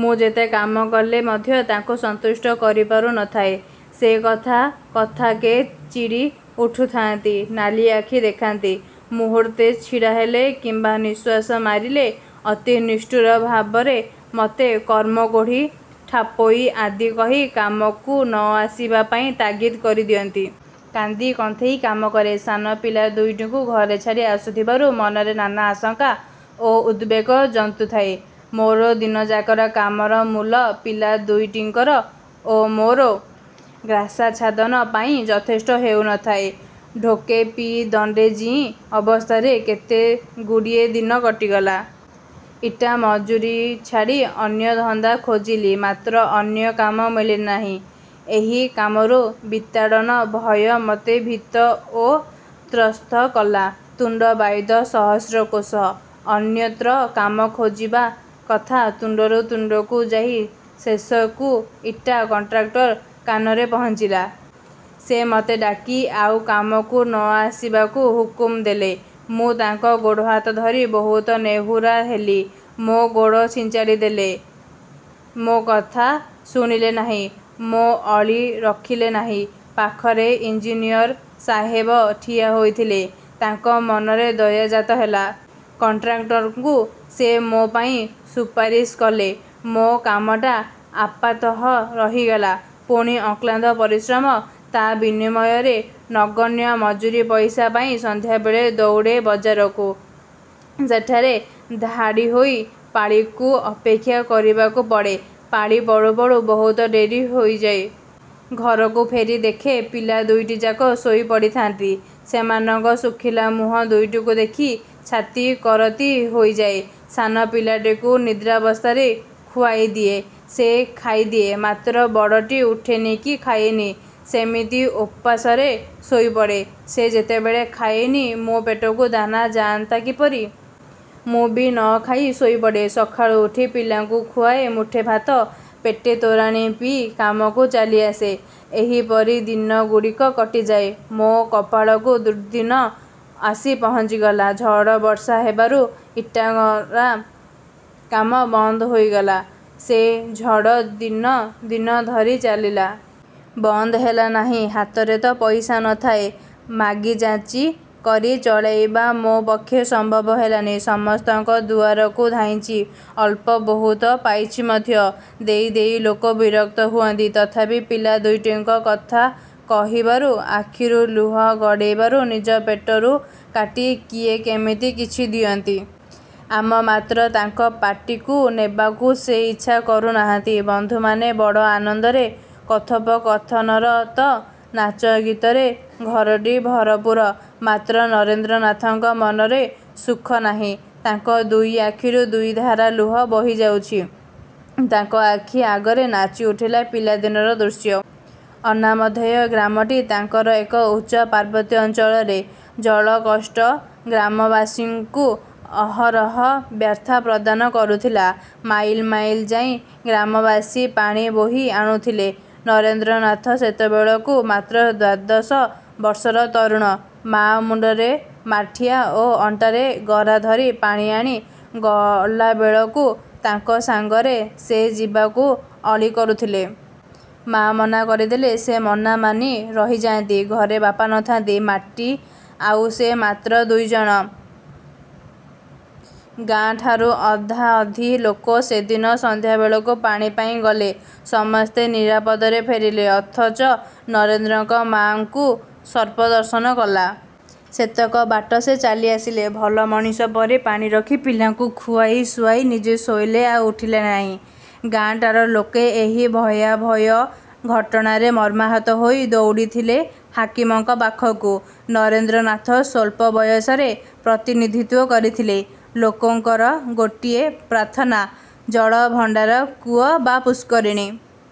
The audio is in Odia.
ମୁଁ ଯେତେ କାମ କଲେ ମଧ୍ୟ ତାଙ୍କୁ ସନ୍ତୁଷ୍ଟ କରିପାରୁ ନ ଥାଏ, ସେ କଥା କଥାକେ ଚିଡ଼ି ଉଠୁଥାଆନ୍ତି, ନାଲି ଆଖି ଦେଖାନ୍ତି। ମୁହୂର୍ତ୍ତେ ଛିଡ଼ାହେଲେ କିମ୍ବା ନିଶ୍ୱାସ ମାରିଲେ ଅତି ନିଷ୍ଠୁର ଭାବରେ ମୋତେ କର୍ମକୋଢ଼ି, ଠାପୋଈ ଆଦି କହି କାମକୁ ନ ଆସିବା ପାଇଁ ତାଗିଦ୍ କରିଦିଅନ୍ତି। କାନ୍ଦି କନ୍ଥେଇ କାମ କରେ। ସାନ ପିଲା ଦୁଇଟିଙ୍କୁ ଘରେ ଛାଡ଼ି ଆସୁଥିବାରୁ ମନରେ ନାନା ଆଶଙ୍କା ଓ ଉଦବେଗ ଜନ୍ତୁଥାଏ। ମୋର ଦିନଯାକର କାମର ମୂଲ ପିଲା ଦୁଇଟିଙ୍କର ଓ ମୋର ଗ୍ରାସାଚ୍ଛାଦନ ପାଇଁ ଯଥେଷ୍ଟ ହେଉ ନ ଥାଏ। ଢୋକେ ପିଇ ଦଣ୍ତେ ଜୀଇ ଅବସ୍ଥାରେ କେତେଗୁଡ଼ିଏ ଦିନ କଟିଗଲା। ଇଟା ମଜୁରୀ ଛାଡ଼ି ଅନ୍ୟ ଧନ୍ଦା ଖୋଜିଲି, ମାତ୍ର ଅନ୍ୟ କାମ ମିଳିଲା ନାହିଁ। ଏହି କାମରୁ ବିତାଡ଼ନ ଭୟ ମୋତେ ଭୀତ ଓ ତ୍ରସ୍ତ କଲା। ତୁଣ୍ତ ବାଇଦ ସହସ୍ର କୋଶ। ଅନ୍ୟତ୍ର କାମ ଖୋଜିବା କଥା ତୁଣ୍ତରୁ ତୁଣ୍ତକୁ ଯାଇ ଶେଷକୁ ଇଟା କଣ୍ଟ୍ରାକ୍ଟର କାନରେ ପହଞ୍ଚିଲା। ସେ ମତେ ଡାକି ଆଉ କାମକୁ ନ ଆସିବାକୁ ହୁକୁମ ଦେଲେ। ମୁଁ ତାଙ୍କ ଗୋଡ଼ହାତ ଧରି ବହୁତ ନେହୁରା ହେଲି। ସେ ଗୋଡ଼ ଛିଞ୍ଚାଡ଼ି ଦେଲେ। ମୋ କଥା ଶୁଣିଲେ ନାହିଁ। ମୋ ଅଳି ରଖିଲେ ନାହିଁ। ପାଖରେ ଇଞ୍ଜିନିୟର ସାହେବ ଠିଆ ହୋଇଥିଲେ, ତାଙ୍କ ମନରେ ଦୟା ଜାତ ହେଲା। କଣ୍ଟ୍ରାକ୍ଟରଙ୍କୁ ସେ ମୋ ପାଇଁ ସୁପାରିଶ କଲେ, ମୋ କାମଟା ଆପାତତଃ ରହିଗଲା। ପୁଣି ଅକ୍ଳାନ୍ତ ପରିଶ୍ରମ। ତା ବିନିମୟରେ ନଗଣ୍ୟ ମଜୁରୀ ପଇସା ପାଇ ସନ୍ଧ୍ୟାବେଳେ ଦଉଡ଼େ ବଜାରକୁ। ସେଠାରେ ଧାଡ଼ିହୋଇ ପାଳିକୁ ଅପେକ୍ଷା କରିବାକୁ ପଡ଼େ। ପାଳି ପଡ଼ୁ ପଡ଼ୁ ବହୁତ ଡେରି ହୋଇଯାଏ। ଘରକୁ ଫେରି ଦେଖେ ପିଲା ଦୁଇଟିଯାକ ଶୋଇ ପଡ଼ିଥାନ୍ତି। ସେମାନଙ୍କ ଶୁଖିଲା ମୁହଁ ଦୁଇଟିକୁ ଦେଖି ଛାତି କରତି ହୋଇଯାଏ। ସାନ ପିଲାଟିକୁ ନିଦ୍ରାବସ୍ଥାରେ ଖୁଆଇ ଦିଏ। ସେ ଖାଇଦିଏ, ମାତ୍ର ବଡ଼ଟି ଉଠେନି କି ଖାଏନି। ସେମିତି ଓପାସରେ ଶୋଇପଡ଼େ। ସେ ଯେତେବେଳେ ଖାଏନି, ମୋ ପେଟକୁ ଦାନା ଯାଆନ୍ତା କିପରି? ମୁଁ ବି ନ ଖାଇ ଶୋଇପଡ଼େ। ସକାଳୁ ଉଠି ପିଲାଙ୍କୁ ଖୁଆଏ ମୁଠେ ଭାତ, ପେଟେ ତୋରାଣି ପିଇ କାମକୁ ଚାଲିଯାଏ। ଏହିପରି ଦିନଗୁଡ଼ିକ କଟିଯାଏ। ମୋ କପାଳକୁ ଦୁର୍ଦ୍ଦିନ ଆସି ପହଞ୍ଚିଗଲା। ଝଡ଼ ବର୍ଷା ହେବାରୁ ଇଟାଗଢ଼ା କାମ ବନ୍ଦ ହୋଇଗଲା। ସେ ଝଡ଼ ଦିନ ଦିନ ଧରି ଚାଲିଲା। ବନ୍ଦ ହେଲାନାହିଁ-। ହାତରେ ତ ପଇସା ନ ଥାଏ, ମାଗିଯାଚି, କରି ଚଳାଇବା ମୋ ପକ୍ଷେ ସମ୍ଭବ ହେଲାନି-। ସମସ୍ତଙ୍କ ଦୁଆରକୁ ଧାଇଁଚି। ଅଳ୍ପ ବହୁତ ପାଇଚି ମଧ୍ୟ। ଦେଇ ଦେଇ ଲୋକ ବିରକ୍ତ ହୁଅନ୍ତି। ତଥାପି ପିଲା ଦୁଇଟିଙ୍କ କଥା କହିବାରୁ, ଆଖିରୁ ଲୁହ ଗଡ଼ାଇବାରୁ ନିଜ ପେଟରୁ କାଟି କିଏ କିମିତି କିଛି ଦିଅନ୍ତି। ଆମ। ମାତ୍ର ତାଙ୍କ ପାଟିକୁ ନେବାକୁ ସେ ଇଚ୍ଛା କରୁ ନାହାନ୍ତି। ବନ୍ଧୁମାନେ ବଡ଼ ଆନନ୍ଦରେ କଥୋପକଥନରତ-। ନାଚ ଗୀତରେ ଘରଟି ଭରପୂର। ମାତ୍ର ନରେନ୍ଦ୍ରନାଥଙ୍କ ମନରେ ସୁଖ ନାହିଁ-। ତାଙ୍କ ଦୁଇ ଆଖିରୁ ଦୁଇଧାର ଲୁହ ବହିଯାଉଛି। ତାଙ୍କ ଆଖି ଆଗରେ ନାଚି ଉଠିଲା ପିଲାଦିନର ଦୃଶ୍ୟ। ଅନାମଧେୟ ଗ୍ରାମଟି ତାଙ୍କର ଏକ ଉଚ୍ଚ ପାର୍ବତ୍ୟାଞ୍ଚଳରେ। ଜଳକଷ୍ଟ ଗ୍ରାମବାସୀଙ୍କୁ ଅହରହ ବ୍ୟଥା ପ୍ରଦାନ କରୁଥିଲା। ମାଇଲ ମାଇଲ ଯାଇ ଗ୍ରାମବାସୀ ପାଣି ବୋହି ଆଣୁଥିଲେ-। ନରେନ୍ଦ୍ରନାଥ ସେତେବେଳକୁ ମାତ୍ର ଦ୍ୱାଦଶ ବର୍ଷର ତରୁଣ, ମା ମୁଣ୍ତରେ ମାଠିଆ ଓ ଅଣ୍ଟାରେ ଗରା ଧରି ପାଣି ଆଣି ଗଲାବେଳକୁ ତାଙ୍କ ସାଙ୍ଗରେ ସେ ଯିବାକୁ ଅଳି କରୁଥିଲେ। ମା ମନା କରିଦେଲେ, ସେ ମନା ମାନି ରହିଯାଆନ୍ତି। ଘରେ ବାପା ନ ଥାଆନ୍ତି। ମା'ଟି ଆଉ ସେ, ମାତ୍ର ଦୁଇଜଣ। ଗାଁ ଟାରୁ ଅଧାଅଧି ଲୋକ ସେଦିନ ସନ୍ଧ୍ୟାବେଳକୁ ପାଣି ପାଇଁ ଗଲେ। ସମସ୍ତେ ନିରାପଦାରେ ଫେରିଲେ-। ଅଥଚ ନରେନ୍ଦ୍ରଙ୍କ ମା'ଙ୍କୁ ସର୍ପ ଦଂଶନ କଲା। ସେତକ ବାଟ ସେ ଚାଲି ଆସିଲେ। ଭଲ ମଣିଷ ପରି ପାଣି ରଖି ପିଲାକୁ ଖୁଆଇ ଶୁଆଇ ନିଜେ ଶୋଇଲେ, ଆଉ ଉଠିଲେ ନାହିଁ। ଗାଁଟାର ଲୋକେ ଏହି ଭୟାଭୟ ଘଟଣାରେ ମର୍ମାହତ ହୋଇ ଦଉଡ଼ିଥିଲେ ହାକିମଙ୍କ ପାଖକୁ। ନରେନ୍ଦ୍ରନାଥ ସ୍ୱଳ୍ପ ବୟସରେ ପ୍ରତିନିଧିତ୍ୱ କରିଥିଲେ। ଲୋକଙ୍କର ଗୋଟିଏ ପ୍ରାର୍ଥନା-ଜଳଭଣ୍ତାର, କୂଅ ବା ପୁଷ୍କରିଣୀ।